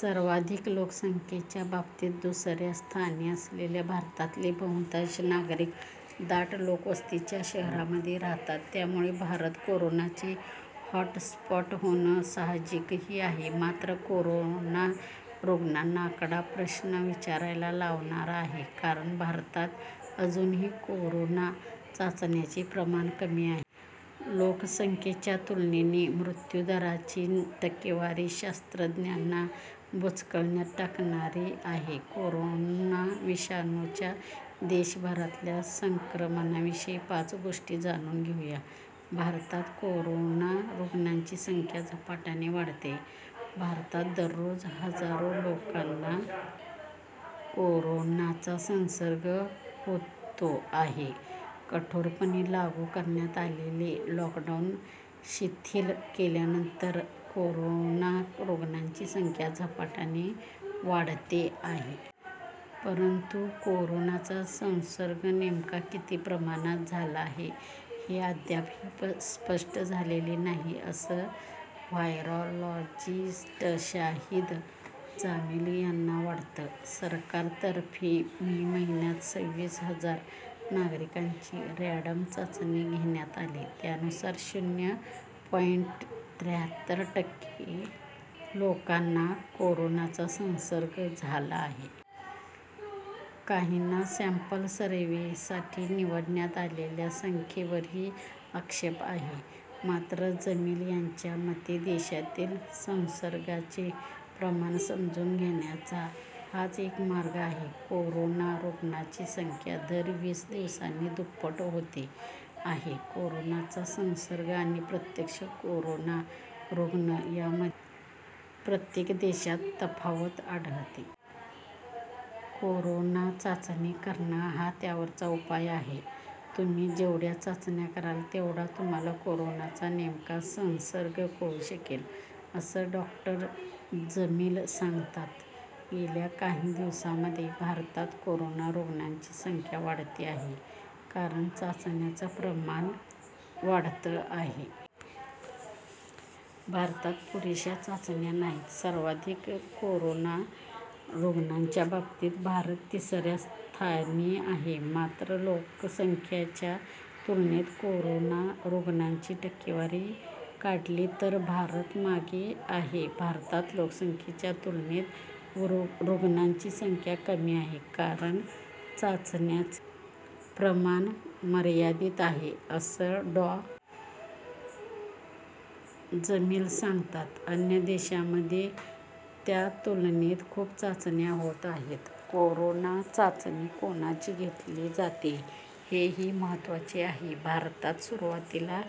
सर्वाधिक लोकसंख्येच्या बाबतीत दुसऱ्या स्थानी असलेल्या भारतातले बहुतांश नागरिक दाट लोकवस्तीच्या शहरांमध्ये राहतात. त्यामुळे भारत कोरोनाचं हॉटस्पॉट होणं साहजिकही आहे. मात्र कोरोना रुग्णांचा आकडा प्रश्न विचारायला लावणारा आहे. कारण भारतात अजूनही कोरोना चाचण्यांचं प्रमाण कमी आहे. लोकसंख्येच्या तुलनेने मृत्यूदराची टक्केवारी शास्त्रज्ञांना बुचकळ्यात टाकणारी आहे. कोरोना विषाणूच्या देशभरातल्या संक्रमणाविषयी पाच गोष्टी जाणून घेऊया. भारतात कोरोना रुग्णांची संख्या झपाट्याने वाढतेय भारतात दररोज हजारो लोकांना कोरोनाचा संसर्ग होतो आहे. कठोरपणे लागू करण्यात आलेलं लॉकडाऊन शिथिल केल्यानंतर कोरोना रुग्णांची संख्या झपाट्याने वाढते आहे. परंतु कोरोनाचा संसर्ग नेमका किती प्रमाणात झाला आहे हे अद्यापही स्पष्ट झालेलं नाही असं व्हायरॉलॉजिस्ट शाहीद जमील यांना वाटतं. सरकारतर्फे मे महिन्यात सव्वीस हजार नागरिकांची रँडम चाचणी घेण्यात आली. त्यानुसार शून्य पॉइंट त्र्याहत्तर टक्के लोकांना कोरोनाचा संसर्ग झाला आहे. काहींना सँपल सर्व्हेसाठी निवडण्यात आलेल्या संख्येवरही आक्षेप आहे. मात्र जमील यांच्या मते देशातील संसर्गाचं प्रमाण समजून घेण्याचा हाच एक मार्ग आहे. कोरोना रुग्णांची संख्या दर वीस दिवसांनी दुप्पट होते आहे. कोरोनाचा संसर्ग आणि प्रत्यक्ष कोरोना रुग्ण यामध्ये प्रत्येक देशात तफावत आढळते. कोरोना चाचणी करणं हा त्यावरचा उपाय आहे. तु्म्ही जेवढ्या चाचण्या कराल, तेवढा तुम्हाला कोरोनाचा नेमका संसर्ग कळू शकेल, असं डॉ. जमील सांगतात. गेल्या काही दिवसांमध्ये भारतात कोरोना रुग्णांची संख्या वाढते आहे, कारण चाचण्यांचं प्रमाण वाढतं आहे. भारतात पुरेशा चाचण्या नाहीत सर्वाधिक कोरोना रुग्णांच्या बाबतीत भारत तिसऱ्या स्थानी आहे. मात्र लोकसंख्याच्या तुलनेत कोरोना रुग्णांची टक्केवारी काढली तर भारत मागे आहे. भारतात लोकसंख्येच्या तुलनेत रुग्णांची संख्या कमी आहे कारण चाचण्यांचं प्रमाण मर्यादित आहे असं डॉ. जमील सांगतात. अन्य देशांमध्ये त्यातुलनेत खूप चाचण्या होत आहेत. कोरोना चाचणी कोणाची घेतली जाते हेही महत्त्वाचं आहे. भारतात सुरुवातीला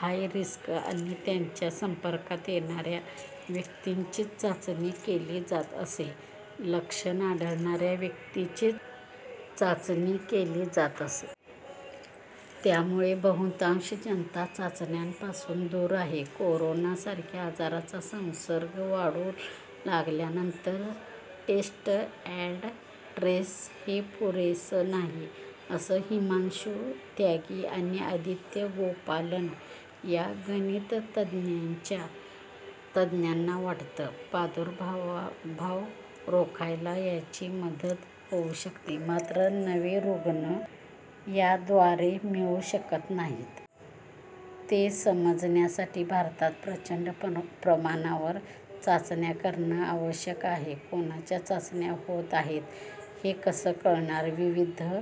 हाय रिस्क आणि त्यांच्या संपर्कात येणाऱ्या व्यक्तींचीच चाचणी केली जात असे. लक्षणं आढळणाऱ्या व्यक्तींचीच चाचणी केली जात असे. त्यामुळे बहुतांश जनता चाचण्यांपासून दूर आहे. कोरोनासारख्या आजाराचा संसर्ग वाढू लागल्यानंतर टेस्ट अँड ट्रेस हे पुरेसं नाही, असं हिमांशू त्यागी आणि आदित्य गोपालन या गणिततज्ज्ञांना वाटतं. प्रादुर्भाव रोखायला याची मदत होऊ शकते मात्र नवे रुग्ण याद्वारे मिळू शकत नाहीत. ते समजण्यासाठी भारतात प्रचंड प्रमाणावर चाचण्या करणं आवश्यक आहे. कोणाच्या चाचण्या होत आहेत हे कसं कळणार? विविध